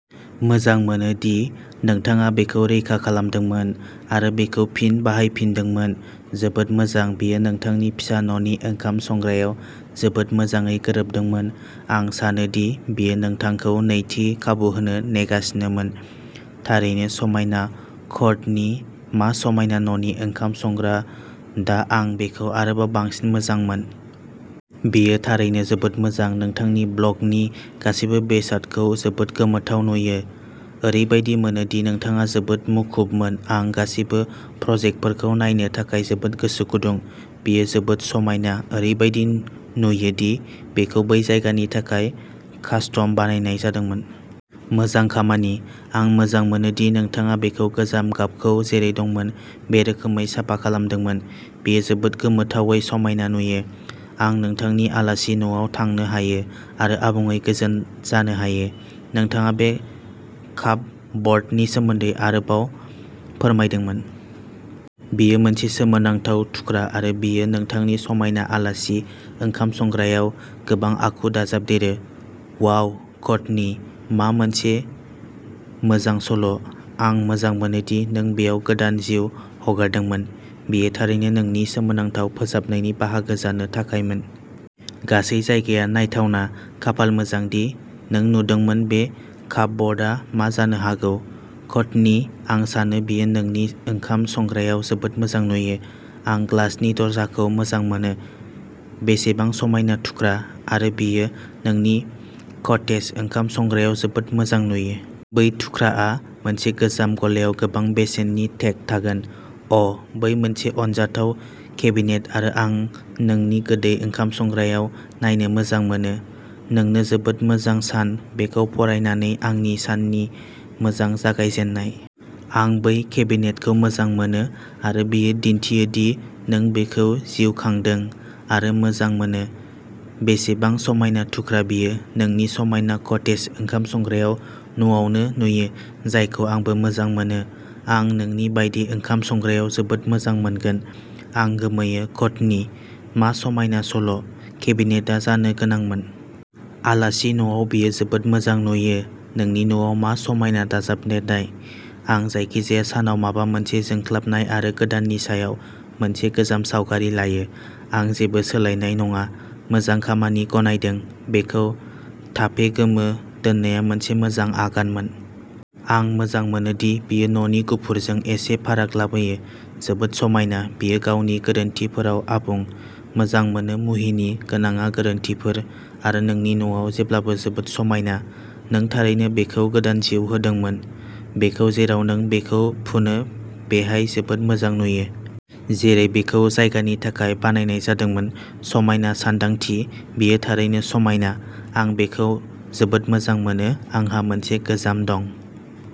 मोजां मोनो दि नोंथाङा बेखौ रैखा खालामदोंमोन आरो बेखौ फिन बाहायफिनदोंमोन। जोबोद मोजां बेयो नोंथांनि फिसा न'नि ओंखाम संग्रायाव जोबोद मोजाङै गोरोबदोंमोन। आं सानो दि बेयो नोंथांखौ नैथि खाबु होनो नेगासिनोमोन! थारैनो समायना कर्टनी मा समायना न'नि ओंखाम संग्रा दा आं बेखौ आरोबाव बांसिन मोजां मोन! बेयो थारैनो जोबोद मोजां नोंथांनि ब्ल'गनि गासैबो बेसादखौ जोबोद गोमोथाव नुयो। ओरैबायदि मोनो दि नोंथाङा जोबोद मुखुबमोन। आं गासिबो प्रजेक्टफोरखौ नायनो थाखाय जोबोद गोसो गुदुं। बेयो जोबोद समायना! ओरैबायदि नुयो दि बेखौ बै जायगानि थाखाय कास्टम बानायनाय जादोंमोन। मोजां खामानि। आं मोजां मोनो दि नोंथाङा बेखौ गोजाम गाबखौ जेरै दंमोन बे रोखोमै साफा खालामदोंमोन। बेयो जोबोद गोमोथावै समायना नुयो। आं नोंथांनि आलासि न'आव थांनो हायो आरो आबुङै गोजोन जानो हायो। नोंथाङा बे कापब'र्डनि सोमोन्दै आरोबाव फोरमायदोंमोन। बेयो मोनसे सोमोनांथाव थुख्रा आरो बेयो नोंथांनि समायना आलासि ओंखाम संग्रायाव गोबां आखु दाजाबदेरो। वाव कर्टनी, मा मोनसे मोजां सल’ आं मोजां मोनो दि नों बेयाव गोदान जिउ हगारदोंमोन। बेयो थारैनो नोंनि सोमोनांथाव फोसाबनायनि बाहागो जानो थाखायमोन। गासै जायगाया नायथावना खाफाल मोजां दि नों नुदोंमोन बे कापबर्डआ मा जानो हागौ। कर्टनी आं सानो बेयो नोंनि ओंखाम संग्रायाव जोबोद मोजां नुयो। आं ग्लासनि दरजाखौ मोजां मोनो। बेसेबां समायना थुख्रा, आरो बेयो नोंनि कटेज ओंखाम संग्रायाव जोबोद मोजां नुयो। बै थुख्राआ मोनसे गोजाम गलायाव गोबां बेसेननि टेग थागोन। अ' बै मोनसे अनजाथाव केबिनेट आरो आं नोंनि गोदै ओंखाम संग्रायाव नायनो मोजां मोनो। नोंनो जोबोद मोजां सान बेखौ फरायनानै आंनि साननि मोजां जागायजेननाय। आं बै केबिनेटखौ मोजां मोनो आरो बेयो दिन्थियो दि नों बेखौ जिउ खांदों आरो मोजां मोनो। बेसेबां समायना थुख्रा बेयो नोंनि समायना कटेज ओंखाम संग्रायाव न'आवनो नुयो। जायखौ आंबो मोजां मोनो आं नोंनि बायदि ओंखाम संग्रायाव जोबोद मोजां मोनगोन आं गोमोयो कर्टनी, मा समायना सल' केबिनेटआ जानो गोनांमोन। आलासि न'आव बेयो जोबोद मोजां नुयो नोंनि न'आव मा समायना दाजाबदेरनाय आं जायखिजाया सानाव माबा मोनसे जोंख्लाबनाय आरो गोदाननि सायाव मोनसे गोजाम सावगारि लायो। आं जेबो सोलायनाय नङा। मोजां खामानि गनायदों बेखौ टापे गोमो दोननाया मोनसे मोजां आगानमोन। आं मोजां मोनोदि बेयो न'नि गुफुरजों एसे फाराग लाबोयो। जोबोद समायना बेयो गावनि गोरोनथिफोराव आबुं! मोजां मोनो मुहिनि गोनांआ गोरोनथिफोर आरो नोंनि न'आव जेब्लाबो जोबोद समायना। नों थारैनो बेखौ गोदान जिउ होदोंमोन बेखौ जेराव नों बेखौ फुनो बेहाय जोबोद मोजां नुयो। जेरै बेखौ जायगानि थाखाय बानायनाय जादोंमोन। समायना सानदांथि। बेयो थारैनो समायना। आं बेखौ जोबोद मोजां मोनो। आंहा मोनसे गोजाम दं।